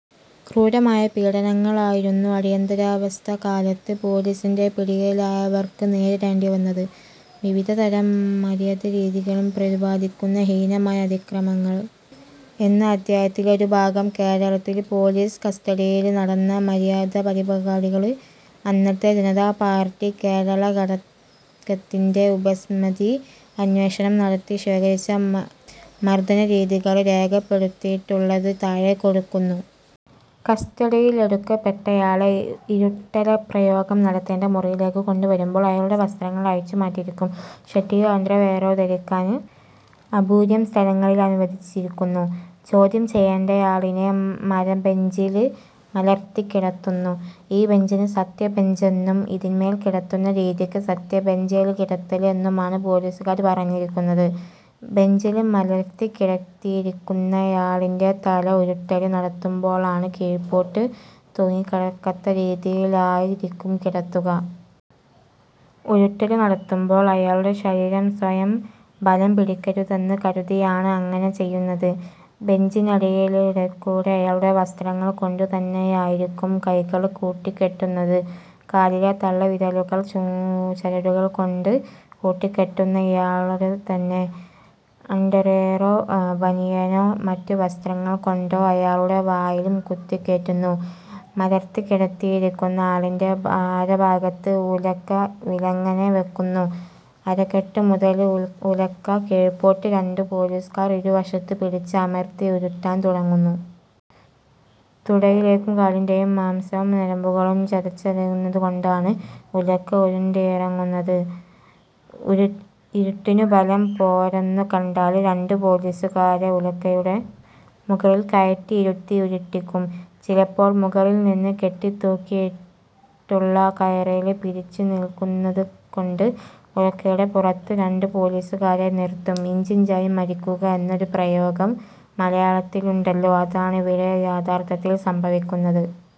ക്രൂരമായ പീഡനങ്ങളായിരുന്നു അടിയന്തരാവസ്ഥക്കാലത്ത് പോലീസിന്റെ പിടിയിലായവർക്ക് നേരിടേണ്ടി വന്നത്. വിവിധതരം മര്യത രീതികള് പ്രതിപാദിക്കുന്ന 'ഹീനമായ അതിക്രമങ്ങള്' എന്ന അധ്യായത്തിലെ ഒരു ഭാഗം കേരളത്തില് പോലീസ് കസ്റ്റഡിയില് നടന്ന മര്യതപരിപാടികൾ അന്നത്തെ ജനതാപാർട്ടി കേരളഘടകത്തിന്റെ ഉപസമിതി അന്വേഷണം നടത്തി ശേഖരിച്ച മർദനരീതികള് രേഖപ്പെടുത്തിയിട്ടുള്ളത് താഴെ കൊടുക്കുന്നു:. കസ്റ്റഡിയിലെടുക്കപ്പെട്ടയാളെ ഉരുട്ടല്പ്രയോഗം നടത്തേണ്ട മുറിയിലേക്ക് കൊണ്ടുവരുമ്പോള് അയാളുടെ വസ്ത്രങ്ങള് അഴിച്ചുമാറ്റിയിരിക്കും. ഷഡ്ഡിയോ അണ്ടർവെയറോ ധരിക്കാന് അപൂര്വം സ്ഥലങ്ങളില് അനുവദിച്ചിരുന്നു. ചോദ്യം ചെയ്യേണ്ടയാളിനെ മരബെഞ്ചില് മലർത്തിക്കിടത്തുന്നു. ഈ ബെഞ്ചിന് 'സത്യബെഞ്ചെന്നും' ഇതിന്മേല് കിടത്തുന്ന രീതിക്ക് സത്യ ബഞ്ചേല് കിടത്തല് എന്നുമാണ് പോലീസുകാര് പറഞ്ഞിരുന്നത്. ബെഞ്ചില് മലർത്തിക്കിടത്തിയിരിക്കുന്നയാളിന്റെ തല ഉരുട്ടല് നടത്തുമ്പോളാണ് കീഴ്പ്പോട്ട് തൂങ്ങിക്കിടക്കത്തക്കരീതിയിലായിരിക്കും കിടത്തുക. ഉരുട്ടല് നടത്തുമ്പോള് അയാളുടെ ശരീരം സ്വയം ബലംപിടിക്കരുതെന്ന് കരുതിയാണ് അങ്ങനെ ചെയ്യുന്നത്. ബെഞ്ചിനടിയില്ക്കൂടി അയാളുടെ വസ്ത്രങ്ങള് കൊണ്ടുതന്നെയായിരിക്കും കൈകള് കൂട്ടിക്കെട്ടുന്നത്. കാലിലെ തള്ളവിരലുകള് ചരടുകൾകൊണ്ട് കൂട്ടിക്കെട്ടുന്നു. ഇയാളുടെതന്നെ അണ്ടര്വെയറോ, ബനിയനോ, മറ്റു വസ്ത്രങ്ങളോകൊണ്ട് അയാളുടെ വായിലും കുത്തിക്കേറ്റുന്നു. മലർത്തിക്കിടത്തിയിരിക്കുന്ന ആളിന്റെ അരഭാഗത്ത് ഉലക്ക വിലങ്ങനെ വെക്കുന്നു. അരക്കെട്ടു മുതല് ഉലക്ക കീഴ്പ്പോട്ട് രണ്ടു പോലീസുകാർ ഇരുവശത്ത് പിടിച്ച് അമർത്തി ഉരുട്ടാൻ തുടങ്ങുന്നു. തുടയിലേക്കും കാലിൻ്റെയും മാംസവും ഞരമ്പുകളും ചതച്ചരയുന്നതു കൊണ്ടാണ് ഉലക്ക ഉരുണ്ടിറങ്ങുന്നത്. ഉരുട്ടിനു ബലം പോരെന്നുകണ്ടാല് രണ്ടു പോലീസുകാരെ ഉലക്കയുടെ മുകളില് കയറ്റി ഇരുത്തി ഉരുട്ടിക്കും. ചിലപ്പോള് മുകളില്നിന്ന് കെട്ടിത്തൂക്കിയിട്ടുള്ള കയറില് പിടിച്ചുനിൾക്കൂന്നത്കൊണ്ട് ഉലക്കയുടെ പുറത്ത് രണ്ടു പോലീസുകാരെ നിര്ത്തും. ഇഞ്ചിഞ്ചായി മരിക്കുക എന്നൊരു പ്രയോഗം മലയാളത്തിലുണ്ടല്ലോ. അതാണിവിടെ യഥാര്ഥത്തില് സംഭവിക്കുന്നത്.